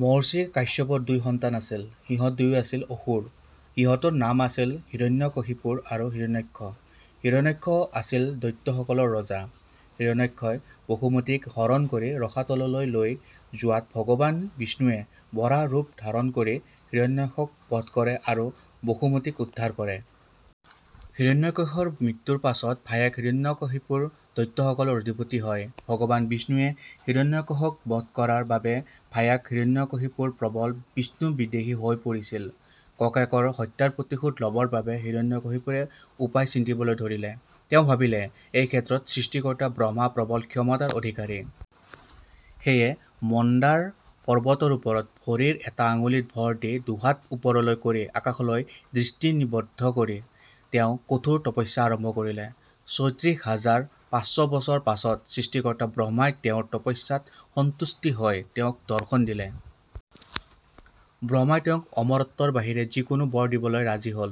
মহৰ্ষি কাশ্যপৰ দুই সন্তান আছিল। সিহঁত দুয়ো আছিল অসুৰ। সিহঁতৰ নাম আছিল হিৰণ্যকশিপুৰ আৰু হিৰণ্যাক্ষ। হিৰণ্যাক্ষ আছিল দৈত্যসকলৰ ৰজা। হিৰণ্যাক্ষই বসুমতীক হৰণ কৰি ৰসাতললৈ লৈ যোৱাত ভগৱান বিষ্ণুয়ে বৰাহ ৰূপ ধাৰণ কৰি হিৰণ্যাক্ষক বধ কৰে আৰু বসুমতীক উদ্ধাৰ কৰে। হিৰণ্যাক্ষৰ মৃত্যুৰ পাছত ভায়েক হিৰণ্যকশিপুৰ দৈত্যসকলৰ অধিপতি হয়। ভগৱান বিষ্ণুয়ে হিৰণ্যাক্ষক বধ কৰাৰ বাবে ভায়েক হিৰণ্যকশিপুৰ প্ৰৱল বিষ্ণুবিদ্বেষী হৈ পৰিছিল। ককায়েকৰ হত্যাৰ প্ৰতিশোধ লবৰ বাবে হিৰণ্যকশিপুৰে উপায় চিন্তিবলৈ ধৰিলে। তেওঁ ভাবিলে এই ক্ষেত্ৰত সৃষ্টিকৰ্তা ব্ৰহ্মা প্ৰৱল ক্ষমতাৰ অধিকাৰী। সেয়ে মন্দাৰ পৰ্বতৰ ওপৰত ভৰিৰ এটা আঙুলিত ভৰ দি দুহাত ওপৰলৈ কৰি আকাশলৈ দৃষ্টি নিৱদ্ধ কৰি তেওঁ কঠোৰ তপস্যা আৰম্ভ কৰিলে। ছয়ত্ৰিশ হাজাৰ পাঁচশ বছৰ পাছত সৃষ্টিকৰ্তা ব্ৰহ্মাই তেওঁৰ তপস্যাত সন্তুষ্ট হৈ তেওঁক দৰ্শন দিলে। ব্ৰহ্মাই তেওঁক অমৰত্বৰ বাহিৰে যিকোনো বৰ দিবলৈ ৰাজি হ'ল।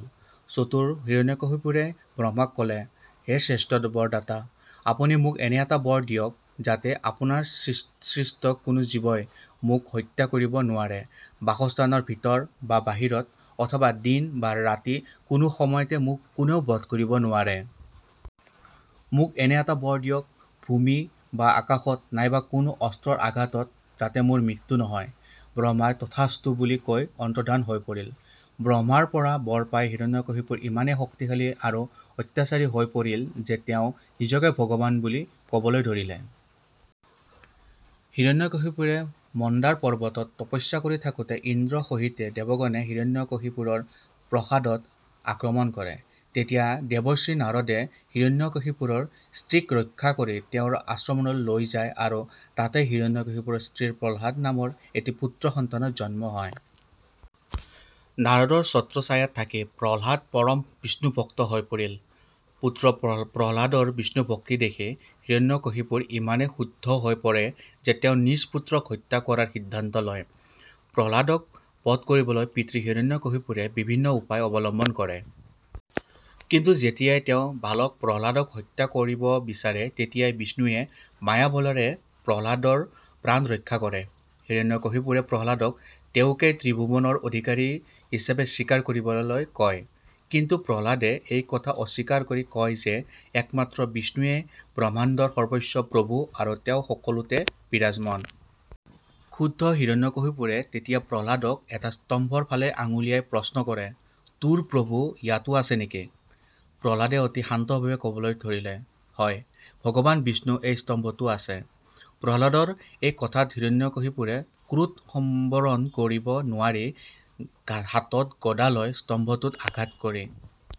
চতুৰ হিৰণ্যকশিপুৰে ব্ৰহ্মাক ক'লে, 'হে শ্ৰেষ্ঠ বৰদাতা, আপুনি মোক এনে এটা বৰ দিয়ক যাতে আপোনাৰ সৃষ্ট কোনো জীৱই মোক হত্যা কৰিব নোৱাৰে; বাসস্থানৰ ভিতৰ বা বাহিৰত অথবা দিন বা ৰাতি কোনো সময়তে মোক কোনেও বধ কৰিব নোৱাৰে। মোক এনে এটা বৰ দিয়ক ভূমি বা আকাশত নাইবা কোনো অস্ত্ৰৰ আঘাতত যাতে মোৰ মৃত্যু নহয়। ' ব্ৰহ্মাই তথাস্তু বুলি কৈ অন্তৰ্ধান হৈ পৰিল। ব্ৰহ্মাৰপৰা বৰ পাই হিৰণ্যকশিপুৰ ইমানেই শক্তিশালী আৰু অত্যাচাৰী হৈ পৰিল যে তেওঁ নিজকে ভগৱান বুলি কবলৈ ধৰিলে। হিৰণ্যকশিপুৰে মন্দাৰ পৰ্বতত তপস্যা কৰি থাকোতে ইন্দ্ৰ সহিতে দেৱগণে হিৰণ্যকশিপুৰৰ প্ৰাসাদত আক্ৰমণ কৰে। তেতিয়া দেৱৰ্ষি নাৰদে হিৰণ্যকশিপুৰৰ স্ত্ৰীক ৰক্ষা কৰি তেওঁৰ আশ্ৰমলৈ লৈ যায় আৰু তাতেই হিৰণ্যকশিপুৰৰ স্ত্ৰীৰ প্ৰহ্লাদ নামৰ এটি পুত্ৰ সন্তানৰ জন্ম হয়। নাৰদৰ ছত্ৰছায়াত থাকি প্ৰহ্লাদ পৰম বিষ্ণুভক্ত হৈ পৰিল। পুত্ৰ প্ৰহ্লাদৰ বিষ্ণুভক্তি দেখি হিৰণ্যকশিপুৰ ইমানেই ক্ষুব্ধ হৈ পৰে যে তেওঁ নিজ পুত্ৰক হত্যা কৰাৰ সিদ্ধান্ত লয়। প্ৰহ্লাদক বধ কৰিবলৈ পিতৃ হিৰণ্যকশিপুৰে বিভিন্ন উপায় অৱলম্বন কৰে। কিন্তু যেতিয়াই তেওঁ বালক প্ৰহ্লাদক হত্যা কৰিব বিচাৰে তেতিয়াই বিষ্ণুয়ে মায়াবলেৰে প্ৰহ্লাদৰ প্ৰাণ ৰক্ষা কৰে। হিৰণ্যকশিপুৰে প্ৰহ্লাদক তেওঁকেই ত্ৰিভূৱনৰ অধিকাৰী হিচাপে স্বীকাৰ কৰিবলৈ কয়। কিন্তু প্ৰহ্লাদে এই কথা অস্বীকাৰ কৰি কয় যে একমাত্ৰ বিষ্ণুয়েই ব্ৰহ্মাণ্ডৰ সৰ্বোচ্চ প্ৰভূ আৰু তেওঁ সকলোতে বিৰাজমান। ক্ষুব্ধ হিৰণ্যকশিপুৰে তেতিয়া প্ৰহ্লাদক এটা স্তম্ভৰ ফালে আঙুলিয়াই প্ৰশ্ন কৰে 'তোৰ প্ৰভূ ইয়াতো আছে নেকি? 'প্ৰহ্লাদে অতি শান্তভাবে ক'বলৈ ধৰিলে, 'হয়, ভগৱান বিষ্ণু এই স্তম্ভতো আছে। ' প্ৰহ্লাদৰ এই কথাত হিৰণ্যকশিপুৰে ক্ৰোধ সম্বৰণ কৰিব নোৱাৰি হাতত গদা লৈ স্তম্ভটোত আঘাত কৰি